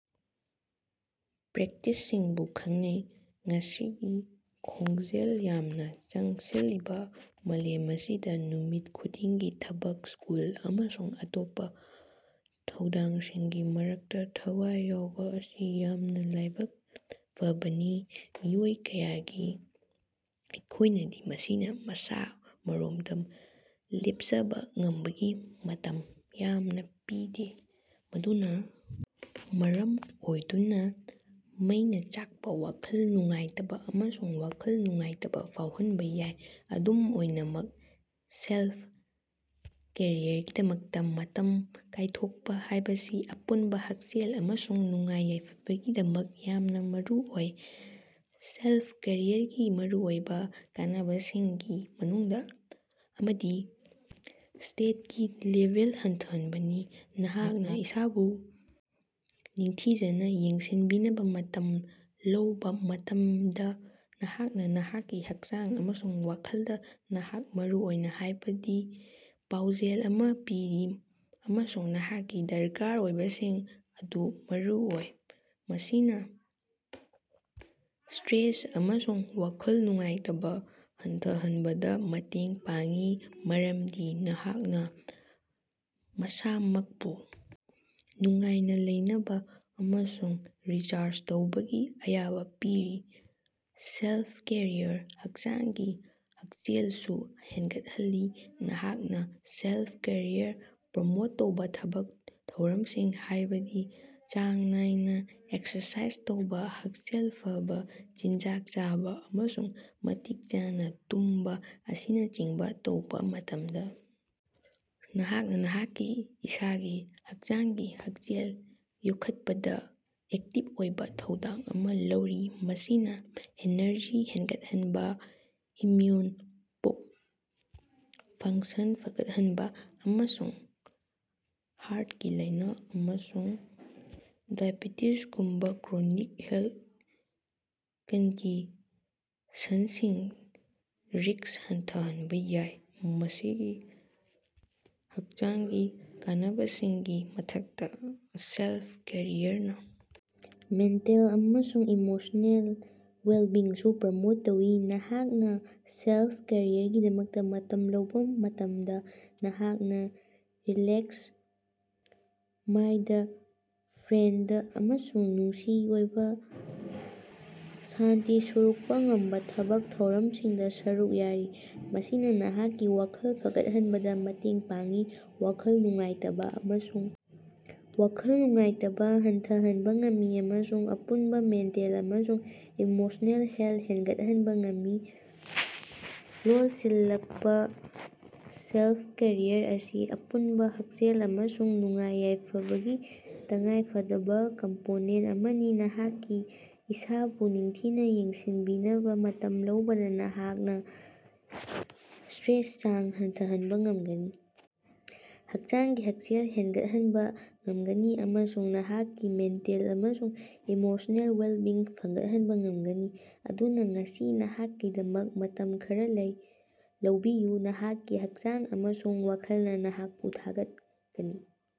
ꯄ꯭ꯔꯦꯛꯇꯤꯁꯁꯤꯡꯕꯨ ꯈꯪꯅꯩ꯫ ꯉꯁꯤꯒꯤ ꯈꯣꯡꯖꯦꯜ ꯌꯥꯡꯅ ꯆꯪꯁꯤꯜꯂꯤꯕ ꯃꯥꯂꯦꯝ ꯑꯁꯤꯗ, ꯅꯨꯃꯤꯠ ꯈꯨꯗꯤꯡꯒꯤ ꯊꯕꯛ, ꯁ꯭ꯀꯨꯜ ꯑꯃꯁꯨꯡ ꯑꯇꯣꯞꯄ ꯊꯧꯗꯥꯡꯁꯤꯡꯒꯤ ꯃꯔꯛꯇ ꯊꯋꯥꯏ ꯌꯥꯎꯕ ꯑꯁꯤ ꯌꯥꯝꯅ ꯂꯥꯏꯕꯛ ꯐꯕꯅꯤ꯫ ꯃꯤꯑꯣꯏ ꯀꯌꯥꯒꯤ ꯑꯣꯏꯅꯗꯤ, ꯃꯁꯤꯅ ꯃꯁꯥ-ꯃꯔꯣꯝꯗꯣꯝ ꯂꯦꯞꯆꯕ ꯉꯝꯕꯒꯤ ꯃꯇꯝ ꯌꯥꯝꯅ ꯄꯤꯗꯦ, ꯃꯗꯨꯅ ꯃꯔꯝ ꯑꯣꯏꯗꯨꯅ ꯃꯩꯅ ꯆꯥꯛꯄ, ꯋꯥꯈꯜ ꯅꯨꯡꯉꯥꯏꯇꯕ ꯑꯃꯁꯨꯡ ꯋꯥꯈꯜ ꯅꯨꯡꯉꯥꯏꯇꯕ ꯐꯥꯎꯍꯟꯕꯥꫪ ꯌꯥꯏ꯫ ꯑꯗꯨꯝ ꯑꯣꯏꯅꯃꯛ, ꯁꯦꯜꯐ-ꯀꯦꯌꯔꯒꯤꯗꯃꯛꯇ ꯃꯇꯝ ꯀꯥꯏꯊꯣꯛꯄ ꯍꯥꯏꯕꯁꯤ ꯑꯄꯨꯟꯕ ꯍꯛꯁꯦꯜ ꯑꯃꯁꯨꯡ ꯅꯨꯡꯉꯥꯏ-ꯌꯥꯏꯐꯕꯒꯤꯗꯃꯛ ꯌꯥꯝꯅ ꯃꯔꯨꯑꯣꯏ꯫ ꯁꯦꯂꯐ-ꯀꯦꯌꯔꯒꯤ ꯃꯔꯨꯑꯣꯏꯕ ꯀꯥꯟꯅꯕꯁꯤꯡꯒꯤ ꯃꯅꯨꯡꯗ ꯑꯃꯗꯤ ꯁ꯭ꯇꯔꯦꯁꯀꯤ ꯂꯦꯚꯦꯜ ꯍꯟꯊꯍꯟꯕꯅꯤ꯫ ꯅꯍꯥꯛꯅ ꯏꯁꯥꯕꯨ ꯅꯤꯡꯊꯤꯖꯅ ꯌꯦꯡꯁꯤꯟꯕꯤꯅꯕ ꯃꯇꯝ ꯂꯧꯕ ꯃꯇꯝꯗ, ꯅꯍꯥꯛꯅ ꯅꯍꯥꯛꯀꯤ ꯍꯛꯆꯥꯡ ꯑꯃꯁꯨꯡ ꯋꯥꯈꯜꯗ ꯅꯍꯥꯛ ꯃꯔꯨꯑꯣꯏ ꯍꯥꯏꯕꯒꯤ ꯄꯥꯎꯖꯦꯜ ꯑꯃ ꯄꯤꯔꯤ, ꯑꯃꯁꯨꯡ ꯅꯍꯥꯛꯀꯤ ꯗꯔꯀꯥꯔ ꯑꯣꯏꯕꯁꯤꯡ ꯑꯗꯨ ꯃꯔꯨꯑꯣꯏ꯫ ꯃꯁꯤꯅ ꯁ꯭ꯇꯔꯦꯁ ꯑꯃꯁꯨꯡ ꯋꯥꯈꯜ ꯅꯨꯡꯉꯥꯏꯇꯕ ꯍꯟꯊꯍꯟꯕꯗ ꯃꯇꯦꯡ ꯄꯥꯡꯏ, ꯃꯔꯝꯗꯤ ꯅꯍꯥꯛꯅ ꯃꯁꯥꯃꯛꯄꯨ ꯅꯨꯡꯉꯥꯏꯅ ꯂꯩꯅꯕ ꯑꯃꯁꯨꯡ ꯔꯤꯆꯥꯔꯖ ꯇꯧꯕꯒꯤ ꯑꯌꯥꯕ ꯄꯤꯔꯤ꯫ ꯁꯦꯜꯐ-ꯀꯦꯌꯔꯅ ꯍꯛꯆꯥꯡꯒꯤ ꯍꯛꯁꯦꯜꯁꯨ ꯍꯦꯟꯒꯠꯍꯜꯂꯤ꯫ ꯅꯍꯥꯛꯅ ꯁꯦꯂꯐ-ꯀꯦꯌꯔ ꯄ꯭ꯔꯣꯃꯣꯠ ꯇꯧꯕ ꯊꯕꯛ ꯊꯧꯔꯝꯁꯤꯡ, ꯍꯥꯏꯕꯗꯤ ꯆꯥꯡ ꯅꯥꯏꯅ ꯑꯦꯛꯁꯔꯁꯥꯏꯖ ꯇꯧꯕ, ꯍꯛꯁꯦꯜ ꯐꯕꯥ ꯆꯤꯟꯖꯥꯛ ꯆꯥꯕ, ꯑꯃꯁꯨꯡ ꯃꯇꯤꯛ ꯆꯥꯅ ꯇꯨꯝꯕ ꯑꯁꯤꯅꯆꯤꯡꯕ ꯇꯧꯕ ꯃꯇꯝꯗ, ꯅꯍꯥꯛꯅ ꯅꯍꯥꯛꯀꯤ ꯏꯁꯥꯒꯤ ꯍꯛꯆꯥꯡꯒꯤ ꯍꯛꯁꯦꯜ ꯌꯣꯛꯈꯠꯄꯗ ꯑꯦꯛꯇꯤꯚ ꯑꯣꯏꯕ ꯊꯧꯗꯥꯡ ꯑꯃ ꯂꯧꯔꯤ꯫ ꯃꯁꯤꯅ ꯑꯦꯅꯔꯖꯤ ꯍꯦꯟꯒꯠꯍꯟꯕ, ꯏꯝꯃ꯭ꯌꯨꯟ ꯐꯪꯛꯁꯟ ꯐꯒꯠꯍꯟꯕ ꯑꯃꯁꯨꯡ ꯍꯥꯔ꯭ꯠꯀꯤ ꯂꯥꯏꯅ ꯑꯃꯁꯨꯡ ꯗꯥꯏꯑꯦꯕꯦꯇꯤꯖꯒꯨꯝꯕ ꯀ꯭ꯔꯣꯅꯤꯛ ꯍꯦꯜꯊ ꯀꯟꯗꯤꯁꯟꯁꯤꯡꯒꯤ ꯔꯤꯁ꯭ꯛ ꯍꯟꯊꯍꯟꯕ ꯌꯥꯏ꯫ ꯃꯁꯤꯒꯤ ꯍꯛꯆꯥꯡꯒꯤ ꯀꯥꯟꯅꯕꯁꯤꯡꯒꯤ ꯃꯊꯛꯇ, ꯁꯦꯜꯐ-ꯀꯦꯌꯔꯅ ꯃꯦꯟꯇꯦꯜ ꯑꯃꯁꯨꯡ ꯏꯃꯣꯁ꯭ꯅꯦꯜ ꯋꯦꯜꯕꯤꯡꯁꯨ ꯄ꯭ꯔꯣꯃꯣꯠ ꯇꯧꯏ꯫ ꯅꯍꯥꯛꯅ ꯁꯦꯜꯐ-ꯀꯦꯌꯔꯒꯤꯗꯃꯛꯇ ꯃꯇꯝ ꯂꯧꯕ ꯃꯇꯝꯗ, ꯅꯍꯥꯛꯅ ꯔꯤꯂꯥꯛꯁꯦꯁꯟ, ꯃꯥꯏꯟꯗꯐ꯭ꯔꯦꯟꯗ ꯑꯃꯁꯨꯡ ꯅꯨꯡꯒꯤ ꯑꯣꯏꯕ ꯁꯥꯟꯇꯤ ꯄꯨꯔꯛꯄ‌ ꯉꯝꯕ ꯊꯕꯛ ꯊꯧꯔꯝꯁꯤꯡꯗ ꯁꯔꯨꯛ ꯌꯥꯔꯤ꯫ ꯃꯁꯤꯅ ꯅꯍꯥꯛꯀꯤ ꯋꯥꯈꯜ ꯐꯒꯠꯍꯟꯕꯗ ꯃꯇꯦꯡ ꯄꯥꯡꯏ, ꯋꯥꯈꯜ ꯅꯨꯡꯉꯥꯏꯇꯕꯥ ꯑꯃꯁꯨꯡ ꯋꯥꯈꯜ ꯅꯨꯡꯉꯥꯏꯇꯕꯥ ꯍꯟꯊꯍꯟꯕ ꯉꯝꯃꯤ ꯑꯃꯁꯨꯡ ꯑꯄꯨꯟꯕ ꯃꯦꯟꯇꯦꯜ ꯑꯃꯁꯨꯡ ꯏꯃꯣꯁ꯭ꯅꯦꯜ ꯍꯦꯜꯊ ꯍꯦꯟꯒꯠꯍꯟꯕ ꯉꯝꯃꯤ꯫ ꯂꯣꯏꯁꯤꯜꯂꯛꯄꯗ, ꯁꯦꯜꯐ-ꯀꯦꯌꯔ ꯑꯁꯤ ꯑꯄꯨꯟꯕ ꯍꯛꯁꯦꯜ ꯑꯃꯁꯨꯡ ꯅꯨꯡꯉꯥꯏ-ꯌꯥꯏꯐꯕꯒꯤ ꯇꯉꯥꯏꯐꯗꯕ ꯀꯝꯄꯣꯅꯦꯟꯇ ꯑꯃꯅꯤ꯫ ꯅꯍꯥꯛꯀꯤ ꯏꯁꯥꯕꯨ ꯅꯤꯡꯊꯤꯅ ꯌꯦꯡꯁꯤꯟꯕꯤꯅꯕ ꯃꯇꯝ ꯂꯧꯕꯅ, ꯅꯍꯥꯛꯅ ꯁ꯭ꯇꯔꯦꯁꯀꯤ ꯆꯥꯡ ꯍꯟꯊꯍꯟꯕ ꯉꯝꯒꯅꯤ, ꯍꯛꯆꯥꯡꯒꯤ ꯍꯛꯁꯦꯜ ꯍꯦꯟꯒꯠꯍꯟꯕ ꯉꯝꯒꯅꯤ ꯑꯃꯁꯨꯡ ꯅꯍꯥꯛꯀꯤ ꯃꯦꯟꯇꯦꯜ ꯑꯃꯁꯨꯡ ꯏꯃꯣꯁ꯭ꯅꯦꯜ ꯋꯦꯜꯕꯤꯡ ꯐꯒꯠꯍꯟꯕ ꯉꯝꯒꯅꯤ꯫ ꯑꯗꯨꯅ, ꯉꯁꯤ ꯅꯍꯥꯛꯀꯤꯗꯃꯛ ꯃꯇꯝ ꯈꯔꯥ ꯂꯧꯕꯤꯌꯨ – ꯅꯍꯥꯛꯀꯤ ꯍꯛꯆꯥꯡ ꯑꯃꯁꯨꯡ ꯋꯥꯈꯜꯅ ꯅꯍꯥꯛꯄꯨ ꯊꯥꯒꯠꯀꯅꯤ꯫